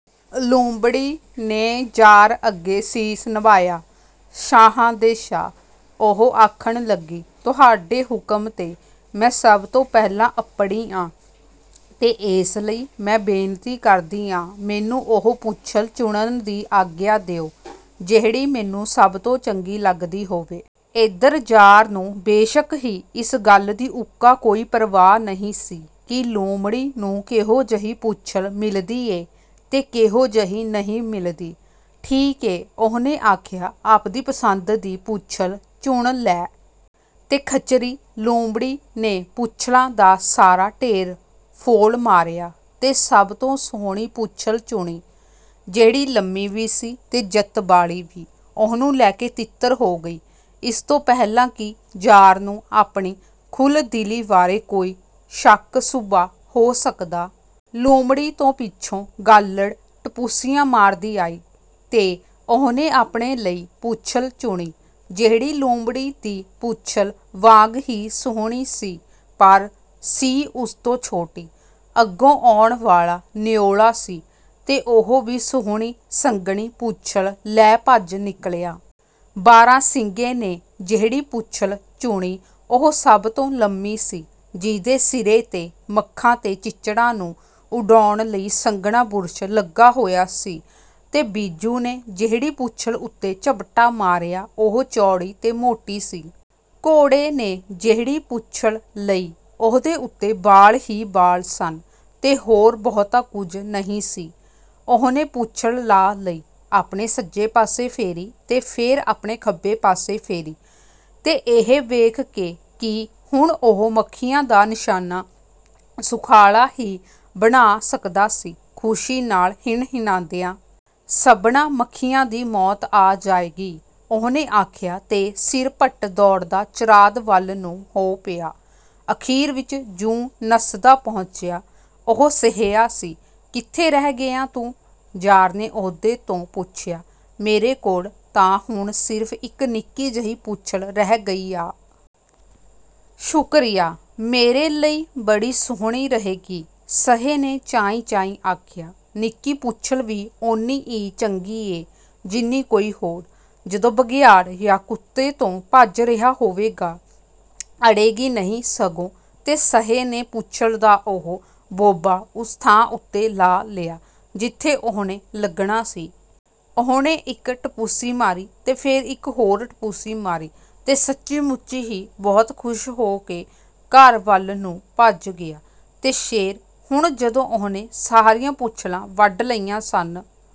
ਲੂੰਮੜੀ ਨੇ ਜ਼ਾਰ ਅੱਗੇ ਸੀਸ ਨਿਵਾਇਆ। "ਸ਼ਾਹਾਂ ਦੇ ਸ਼ਾਹ!" ਉਹ ਆਖਣ ਲੱਗੀ। "ਤੁਹਾਡੇ ਹੁਕਮ 'ਤੇ ਮੈਂ ਸਭ ਤੋਂ ਪਹਿਲਾਂ ਅੱਪੜੀ ਆਂ, ਤੇ ਏਸ ਲਈ ਮੈਂ ਬੇਨਤੀ ਕਰਦੀ ਆਂ, ਮੈਨੂੰ ਉਹ ਪੂਛਲ ਚੁਣਨ ਦੀ ਆਗਿਆ ਦਿਓ, ਜਿਹੜੀ ਮੈਨੂੰ ਸਭ ਤੋਂ ਚੰਗੀ ਲੱਗਦੀ ਹੋਵੇ।" ਏਧਰ ਜ਼ਾਰ ਨੂੰ, ਬੇਸ਼ੱਕ ਹੀ, ਇਸ ਗੱਲ ਦੀ ਉੱਕਾ ਕੋਈ ਪਰਵਾਹ ਨਹੀਂ ਸੀ ਕਿ ਲੂੰਮੜੀ ਨੂੰ ਕਿਹੋ ਜਿਹੀ ਪੂਛਲ ਮਿਲਦੀ ਏ ਤੇ ਕਿਹੋ ਜਿਹੀ ਨਹੀਂ ਮਿਲਦੀ। "ਠੀਕ ਏ," ਉਹਨੇ ਆਖਿਆ, "ਆਪਣੀ ਪਸੰਦ ਦੀ ਪੂਛਲ ਚੁਣ ਲੈ।" ਤੇ ਖਚਰੀ ਲੂੰਮੜੀ ਨੇ ਪੂਛਲਾਂ ਦਾ ਸਾਰਾ ਢੇਰ ਫੋਲ ਮਾਰਿਆ ਤੇ ਸਭ ਤੋਂ ਸੁਹਣੀ ਪੂਛਲ ਚੁਣੀ, ਜਿਹੜੀ ਲੰਮੀ ਵੀ ਸੀ ਤੇ ਜਤ ਵਾਲੀ ਵੀ। ਉਹਨੂੰ ਲੈ ਕੇ ਤਿੱਤਰ ਹੋ ਗਈ, ਇਸ ਤੋਂ ਪਹਿਲਾਂ ਕਿ ਜ਼ਾਰ ਨੂੰ ਆਪਣੀ ਖੁੱਲ੍ਹਦਿਲੀ ਬਾਰੇ ਕੋਈ ਸ਼ੱਕ-ਸ਼ੁਬ੍ਹਾ ਹੋ ਸਕਦਾ। ਲੂੰਮੜੀ ਤੋਂ ਪਿੱਛੋਂ ਗਾਲੜ੍ਹ ਟਪੋਸੀਆਂ ਮਾਰਦੀ ਆਈ ਤੇ ਉਹਨੇ ਆਪਣੇ ਲਈ ਪੂਛਲ ਚੁਣੀ, ਜਿਹੜੀ ਲੂੰਮੜੀ ਦੀ ਪੂਛਲ ਵਾਂਗ ਹੀ ਸੁਹਣੀ ਸੀ, ਪਰ ਸੀ ਉਸ ਤੋਂ ਛੋਟੀ। ਅੱਗੋਂ ਆਉਣ ਵਾਲਾ ਨਿਉਲਾ ਸੀ, ਤੇ ਉਹ ਵੀ ਸੁਹਣੀ, ਸੰਘਣੀ ਪੂਛਲ ਲੈ ਭੱਜ ਨਿਕਲਿਆ। ਬਾਰਾ-ਸਿੰਙੇ ਨੇ ਜਿਹੜੀ ਪੂਛਲ ਚੁਣੀ, ਉਹ ਸਭ ਤੋਂ ਲੰਮੀ ਸੀ, ਜਿਹਦੇ ਸਿਰੇ 'ਤੇ ਮੱਖਾਂ ਤੇ ਚਿੱਚੜਾਂ ਨੂੰ ਉਡਾਉਣ ਲਈ ਸੰਘਣਾ ਬੁਰਸ਼ ਲੱਗਾ ਹੋਇਆ ਸੀ। ਤੇ ਬਿੱਜੂ ਨੇ ਜਿਹੜੀ ਪੂਛਲ ਉੱਤੇ ਝਪਟਾ ਮਾਰਿਆ, ਉਹ ਚੌੜੀ ਤੇ ਮੋਟੀ ਸੀ। ਘੋੜੇ ਨੇ ਜਿਹੜੀ ਪੂਛਲ ਲਈ, ਉਹਦੇ ਉੱਤੇ ਵਾਲ ਹੀ ਵਾਲ ਸਨ ਤੇ ਹੋਰ ਬਹੁਤਾ ਕੁਝ ਨਹੀਂ ਸੀ। ਉਹਨੇ ਪੂਛਲ ਲਾ ਲਈ, ਆਪਣੇ ਸੱਜੇ ਪਾਸੇ ਫੇਰੀ ਤੇ ਫੇਰ ਆਪਣੇ ਖੱਬੇ ਪਾਸੇ ਫੇਰੀ, ਤੇ ਇਹ ਵੇਖ ਕੇ ਕਿ ਹੁਣ ਉਹ ਮੱਖੀਆਂ ਦਾ ਨਿਸ਼ਾਨਾ ਸੁਖਾਲੇ ਹੀ ਬਣਾ ਸਕਦਾ ਸੀ, ਖੁਸ਼ੀ ਨਾਲ ਹਿਣਹਿਣਾਇਆ। "ਸਭਨਾਂ ਮੱਖੀਆਂ ਦੀ ਮੌਤ ਆ ਜਾਏਗੀ," ਉਹਨੇ ਆਖਿਆ ਤੇ ਸਿਰਪਟ ਦੌੜਦਾ ਚਰਾਂਦ ਵੱਲ ਨੂੰ ਹੋ ਪਿਆ। ਅਖ਼ੀਰ ਵਿੱਚ ਜੁ ਨੱਸਦਾ ਪਹੁੰਚਿਆ, ਉਹ ਸਹਿਆ ਸੀ।"ਕਿੱਥੇ ਰਹਿ ਗਿਆ ਤੂੰ?" ਜ਼ਾਰ ਨੇ ਉਹਦੇ ਤੋਂ ਪੁੱਛਿਆ। "ਮੇਰੇ ਕੋਲ ਤਾਂ ਹੁਣ ਸਿਰਫ਼ ਇੱਕ ਨਿੱਕੀ ਜਿਹੀ ਪੂਛਲ ਰਹਿ ਗਈ ਆ।" "ਸ਼ੁਕਰੀਆ, ਮੇਰੇ ਲਈ ਬੜੀ ਸੁਹਣੀ ਰਹੇਗੀ," ਸਹੇ ਨੇ ਚਾਈਂ-ਚਾਈਂ ਆਖਿਆ। "ਨਿੱਕੀ ਪੂਛਲ ਵੀ ਓਨੀ ਈ ਚੰਗੀ ਏ, ਜਿੰਨੀ ਕੋਈ ਹੋਰ। ਜਦੋਂ ਬਘਿਆੜ ਜਾਂ ਕੁੱਤੇ ਤੋਂ ਭੱਜ ਰਿਹਾ ਹੋਵਾਂਗਾ, ਅੜੇਗੀ ਨਹੀਂ ਸਗੋਂ!" ਤੇ ਸਹੇ ਨੇ ਪੂਛਲ ਦਾ ਉਹ ਬੋਬਾ ਉਸ ਥਾਂ ਉੱਤੇ ਲਾ ਲਿਆ, ਜਿੱਥੇ ਉਹਨੇ ਲੱਗਣਾ ਸੀ। ਉਹਨੇ ਇੱਕ ਟਪੋਸੀ ਮਾਰੀ ਤੇ ਫੇਰ ਇੱਕ ਹੋਰ ਟਪੋਸੀ ਮਾਰੀ, ਤੇ ਸੱਚੀ-ਮੁੱਚੀ ਹੀ ਬਹੁਤ ਖੁਸ਼ ਹੋ ਕੇ ਘਰ ਵੱਲ ਨੂੰ ਭੱਜ ਗਿਆ। ਤੇ ਸ਼ੇਰ, ਹੁਣ ਜਦੋਂ ਉਹਨੇ ਸਾਰੀਆਂ ਪੂਛਲਾਂ ਵੰਡ ਲਈਆਂ ਸਨ